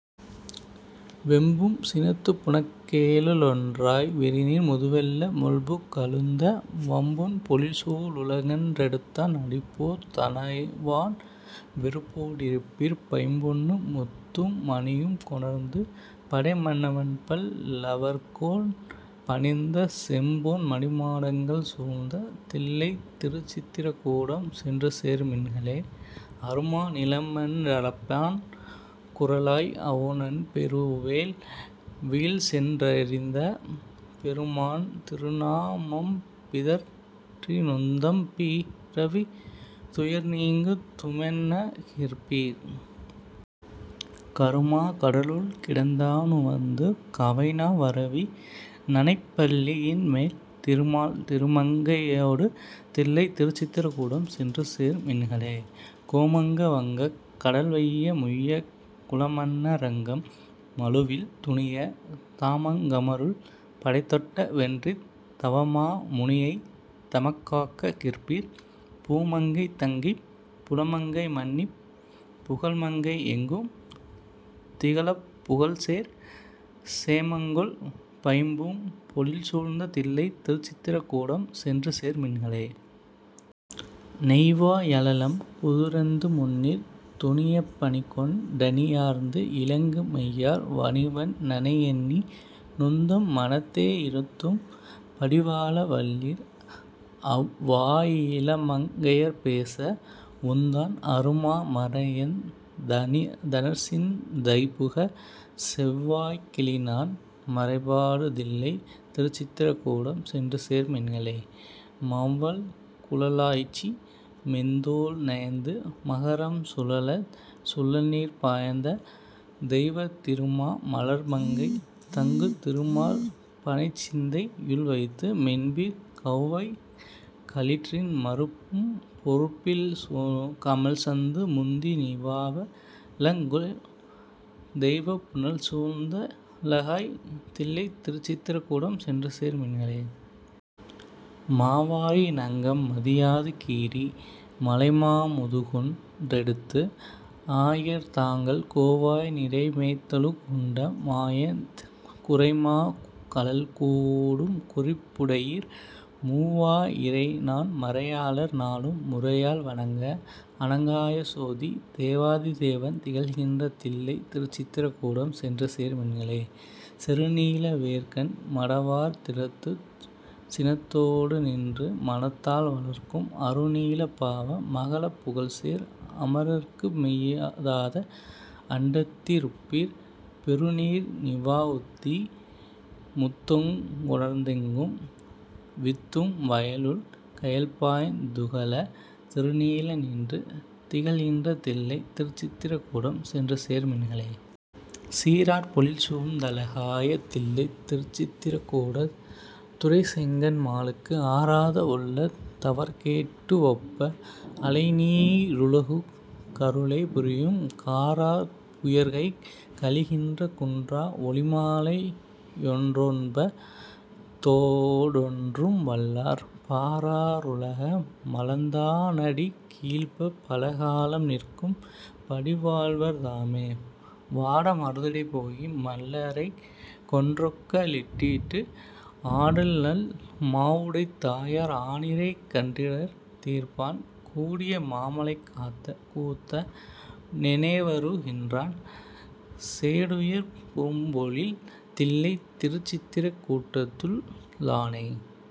வெம்பும் சினத்துப் புனக்கேழ லொன்றாய் விரிநீர் முதுவெள்ள முள்புக் கழுந்த, வம்புண் பொழில்சூ ழுலகன் றெடுத்தான் அடிப்போ தணைவான் விருப்போ டிருப்பீர், பைம்பொன்னு முத்தும் மணியும் கொணர்ந்து படைமன்னவன்பல் லவர்க்கோன் பணிந்த, செம்பொன் மணிமாடங் கள்சூழ்ந்த தில்லைத் திருச்சித்ர கூடம் சென்றுசேர் மின்களே.. அருமா நிலமன் றளப்பான் குறளாய் அவுணன் பெருவேள் வியில்சென் றிரந்த, பெருமான் திருநா மம்பிதற் றிநுந்தம் பி றவித் துயர்நீங்கு துமென்ன கிற்பீர். கருமா கடலுள் கிடந்தாநன் னுவந்து கவைநா வரவி னணைப்பள்ளி யின்மேல், திருமால் திருமங் கையொடாடு தில்லைத் திருச்சித்ர கூடம் சென்றுசேர் மின்களே.. கோமங்க வங்கக் கடல்வைய முய்யக் குலமன்ன ரங்கம் மழுவில் துணிய, தாமங் கமருள் படைதொட்ட வென்றித் தவமா முனியைத் தமக்காக்க கிற்பீர், பூமங்கை தங்கிப் புலமங்கை மன்னிப் புகழ்மங்கை யெங்கும் திகழப்புகழ்சேர் சேமங்கொள் பைம்பூம் பொழில்சூழ்ந்த தில்லைத் திருச்சித்ர கூடம் சென்றுசேர் மின்களே.. நெய்வா யழலம் புதுரந்து முந்நீர் துணியப் பணிகொண் டணியார்ந்து, இலங்கு மையார் வணிவண் ணனையெண்ணி நுந்தம் மனத்தே யிருத்தும் படிவாழ வல்லீர், அவ்வாயிளமங் கையர்ப்பேச வுந்தான் அருமா மறையந் தணர்சிந் தைபுக, செவ்வாய்க் கிளிநான் மறைபாடு தில்லைத் திருச்சித்ர கூடம் சென்றுசேர் மின்களே.. மௌவல் குழலாய்ச்சி மெந்தோள் நயந்து மகரம் சுழலச சுழல்நீர் பயந்த, தெய்வத் திருமா மலர்மங்கை தங்கு திருமார் பனைச்சிந்தை யுள்வைத்து மென்பீர் கௌவைக் களிற்றின் மருப்பும் பொருப்பில் கமழ்சந்து முந்தி நிவாவ லங்கொள், தெய்வப் புனல்சூழ்ந் தழகாய தில்லைத் திருச்சித்ர கூடம் சென்றுசேர் மின்களே.. மாவாயி னங்கம் மதியாது கீறி மழைமா முதுகுன் றெடுத்து, ஆயர் தங்கள் கோவாய் நிரைமேய்த் துலகுண்ட மாயன் குரைமா கழல்கூ டும்குறிப் புடையீர், மூவா யிரநான் மறையாளர் நாளும் முறையால் வணங்க அணங்காய சோதி, தேவாதி தேவன் திகழ்கின்ற தில்லைத் திருச்சித்ர கூடம் சென்றுசேர் மின்களே.. செருநீல வேற்கண் மடவார் திறத்துச்சி சினத்தோடு நின்று மனத்தால் வளர்க்கும், அருநீல பாவ மகலப் புகழ்சேர் அமரர்க்கு மெய்தாத அண்டத்தி ருப்பீர், பெருநீர் நிவாவுந்தி முத்தங்கொ ணர்ந்தெங்கும் வித்தும் வயலுள் கயல்பாய்ந் துகள, திருநீல நின்று திகழ்கின்ற தில்லைத் திருச்சித்ர கூடம் சென்றுசேர் மின்களே.. சீரார் பொழில்சூழ்ந் தழகாய தில்லைத் திருசித்ர கூடத் துறைசெங்கண் மாலுக்கு, ஆராத வுள்ளத் தவர்க்கேட் டுவப்ப அலைநீ ருலகுக் கருளலை புரியும், காரார் புயற்கைக் கலிகன்றி குன்றா ஒலிமாலை யொறொன்ப தோடொன்றும் வல்லார், பாரா ருலக மளந்தா னடிக்கீழ்ப் பலகாலம் நிற்கும் படிவாழ்வர் தாமே. வாட மருதிடை போகி மல்லரைக் கொன்றொக்க லிட்டிட்டு, ஆடல்நல் மாவுடைத் தாயர் ஆநிரைக் கன்றிடர் தீர்ப்பான், கூடிய மாமழை காத்த கூத்த னெனெவரு கின்றான், சேடுயர் பூம்பொழில் தில்லைச் சித்திர கூடத்துள் ளானே..